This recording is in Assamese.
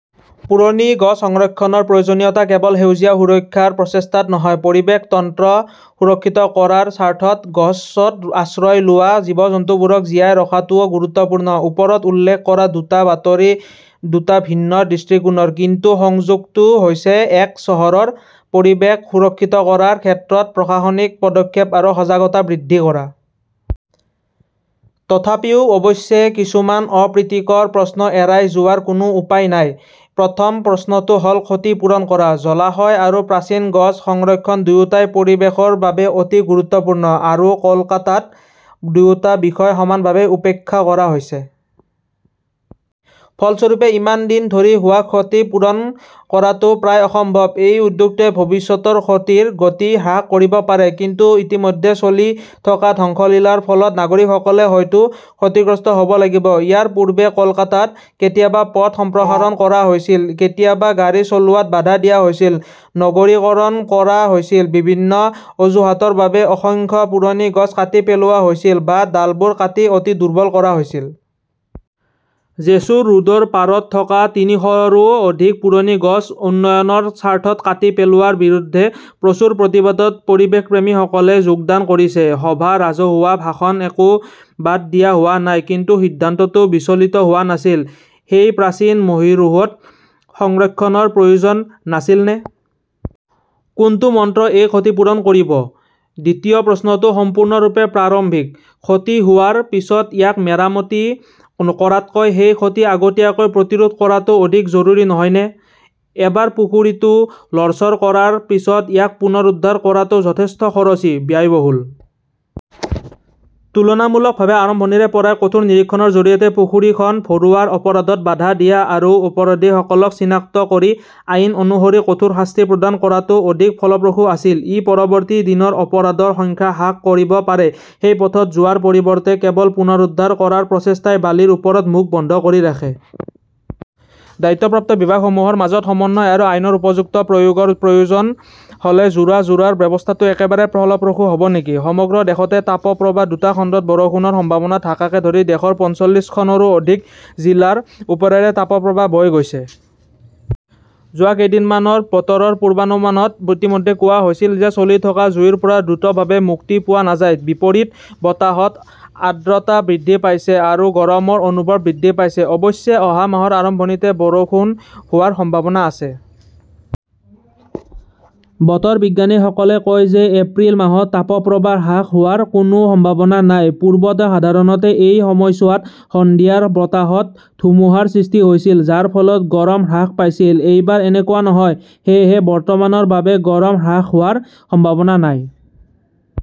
পুৰণি গছ সংৰক্ষণৰ প্ৰয়োজনীয়তা কেৱল সেউজীয়া সুৰক্ষাৰ প্ৰচেষ্টাত নহয়, পৰিৱেশ তন্ত্ৰ সুৰক্ষিত কৰাৰ স্বাৰ্থত গছত আশ্ৰয় লোৱা জীৱ-জন্তুবোৰক জীয়াই ৰখাটোও গুৰুত্বপূৰ্ণ। ওপৰত উল্লেখ কৰা দুটা বাতৰি দুটা ভিন্ন দৃষ্টিকোণৰ। কিন্তু সংযোগটো হৈছে এক-চহৰৰ পৰিৱেশ সুৰক্ষিত কৰাৰ ক্ষেত্ৰত প্ৰশাসনিক পদক্ষেপ আৰু সজাগতা বৃদ্ধি কৰা। তথাপিও, অৱশ্যে কিছুমান অপ্ৰীতিকৰ প্ৰশ্ন এৰাই যোৱাৰ কোনো উপায় নাই। প্ৰথম প্ৰশ্নটো হ'ল ক্ষতি পূৰণ কৰা। জলাশয়, আৰু প্ৰাচীন গছ সংৰক্ষণ দুয়োটাই পৰিৱেশৰ বাবে অতি গুৰুত্বপূৰ্ণ। আৰু কলকাতাত দুয়োটা বিষয় সমানভাৱে উপেক্ষা কৰা হৈছে। ফলস্বৰূপে, ইমান দিন ধৰি হোৱা ক্ষতি পূৰণ কৰাটো প্ৰায় অসম্ভৱ। এই উদ্যোগটোৱে ভৱিষ্যতৰ ক্ষতিৰ গতি হ্ৰাস কৰিব পাৰে, কিন্তু ইতিমধ্যে চলি থকা ধ্বংসলীলাৰ ফলত নাগৰিকসকলে হয়তো ক্ষতিগ্ৰস্ত হ'ব লাগিব। ইয়াৰ পূৰ্বে কলকাতাত কেতিয়াবা পথ সম্প্ৰসাৰণ কৰা হৈছিল, কেতিয়াবা গাড়ী চলোৱাত বাধা দিয়া হৈছিল, নগৰীকৰণ কৰা হৈছিল, বিভিন্ন অজুহাতৰ বাবে অসংখ্য পুৰণি গছ কাটি পেলোৱা হৈছিল, বা ডালবোৰ কাটি অতি দুৰ্বল কৰা হৈছিল। জেছুৰ ৰোডৰ পাৰত থকা তিনিশৰো অধিক পুৰণি গছ উন্নয়নৰ স্বাৰ্থত কাটি পেলোৱাৰ বিৰুদ্ধে প্ৰচুৰ প্ৰতিবাদত পৰিৱেশপ্ৰেমীসকলে যোগদান কৰিছে। সভা, ৰাজহুৱা ভাষণ একো বাদ দিয়া হোৱা নাই। কিন্তু সিদ্ধান্তটো বিচলিত হোৱা নাছিল। সেই প্ৰাচীন মহীৰুহত সংৰক্ষণৰ প্ৰয়োজন নাছিলনে? কোনটো মন্ত্ৰই এই ক্ষতি পূৰণ কৰিব? দ্বিতীয় প্ৰশ্নটো সম্পূৰ্ণৰূপে প্ৰাৰম্ভিক। ক্ষতি হোৱাৰ পিছত ইয়াক মেৰামতি কৰাতকৈ সেই ক্ষতি আগতীয়াকৈ প্ৰতিৰোধ কৰাটো অধিক জৰুৰী নহয়নে? এবাৰ পুখুৰীটো লৰচৰ কৰাৰ পিছত ইয়াক পুনৰুদ্ধাৰ কৰাটো যথেষ্ট খৰচী, ব্যয়বহুল। তুলনামূলকভাৱে আৰম্ভণিৰে পৰাই কঠোৰ নিৰীক্ষণৰ জৰিয়তে পুখুৰীখন ভৰোৱাৰ অপৰাধত বাধা দিয়া আৰু অপৰাধীসকলক চিনাক্ত কৰি আইন অনুসৰি কঠোৰ শাস্তি প্ৰদান কৰাটো অধিক ফলপ্ৰসূ আছিল। ই পৰৱৰ্তী দিনৰ অপৰাধৰ সংখ্যা হ্ৰাস কৰিব পাৰে। সেই পথত যোৱাৰ পৰিৱৰ্তে কেৱল পুনৰুদ্ধাৰ কৰাৰ প্ৰচেষ্টাই বালিৰ ওপৰত মুখ বন্ধ কৰি ৰাখে। দায়িত্বপ্ৰাপ্ত বিভাগসমূহৰ মাজত সমন্বয় আৰু আইনৰ উপযুক্ত প্ৰয়োগৰ প্ৰয়োজন হ'লে যোৰা-যোৰাৰ ব্যৱস্থাটো একেবাৰে ফলপ্ৰসূ হ'ব নেকি? সমগ্ৰ দেশতে তাপপ্ৰবাহ দুটা খণ্ডত বৰষুণৰ সম্ভাৱনা ঢাকাকে ধৰি দেশৰ পঞ্চল্লিছ খনৰো অধিক জিলাৰ ওপৰেৰে তাপপ্ৰবাহ বৈ গৈছে। যোৱা কেইদিনমানৰ বতৰৰ পূৰ্বানুমানত ইতিমধ্যে কোৱা হৈছিল যে চলি থকা জুইৰ পৰা দ্ৰুতভাৱে মুক্তি পোৱা নাযায়। বিপৰীত বতাহত আৰ্দ্ৰতা বৃদ্ধি পাইছে আৰু গৰমৰ অনুভৱ বৃদ্ধি পাইছে। অৱশ্যে অহা মাহৰ আৰম্ভণিতে বৰষুণ হোৱাৰ সম্ভাৱনা আছে। বতৰ বিজ্ঞানীসকলে কয় যে, এপ্ৰিল মাহত তাপপ্ৰবাহ হ্ৰাস হোৱাৰ কোনো সম্ভাৱনা নাই। পূৰ্বতে সাধাৰণতে এই সময়ছোৱাত সন্ধিয়াৰ বতাহত ধুমুহাৰ সৃষ্টি হৈছিল, যাৰ ফলত গৰম হ্ৰাস পাইছিল। এইবাৰ এনেকুৱা নহয়। সেয়েহে বৰ্তমানৰ বাবে গৰম হ্ৰাস হোৱাৰ সম্ভাৱনা নাই।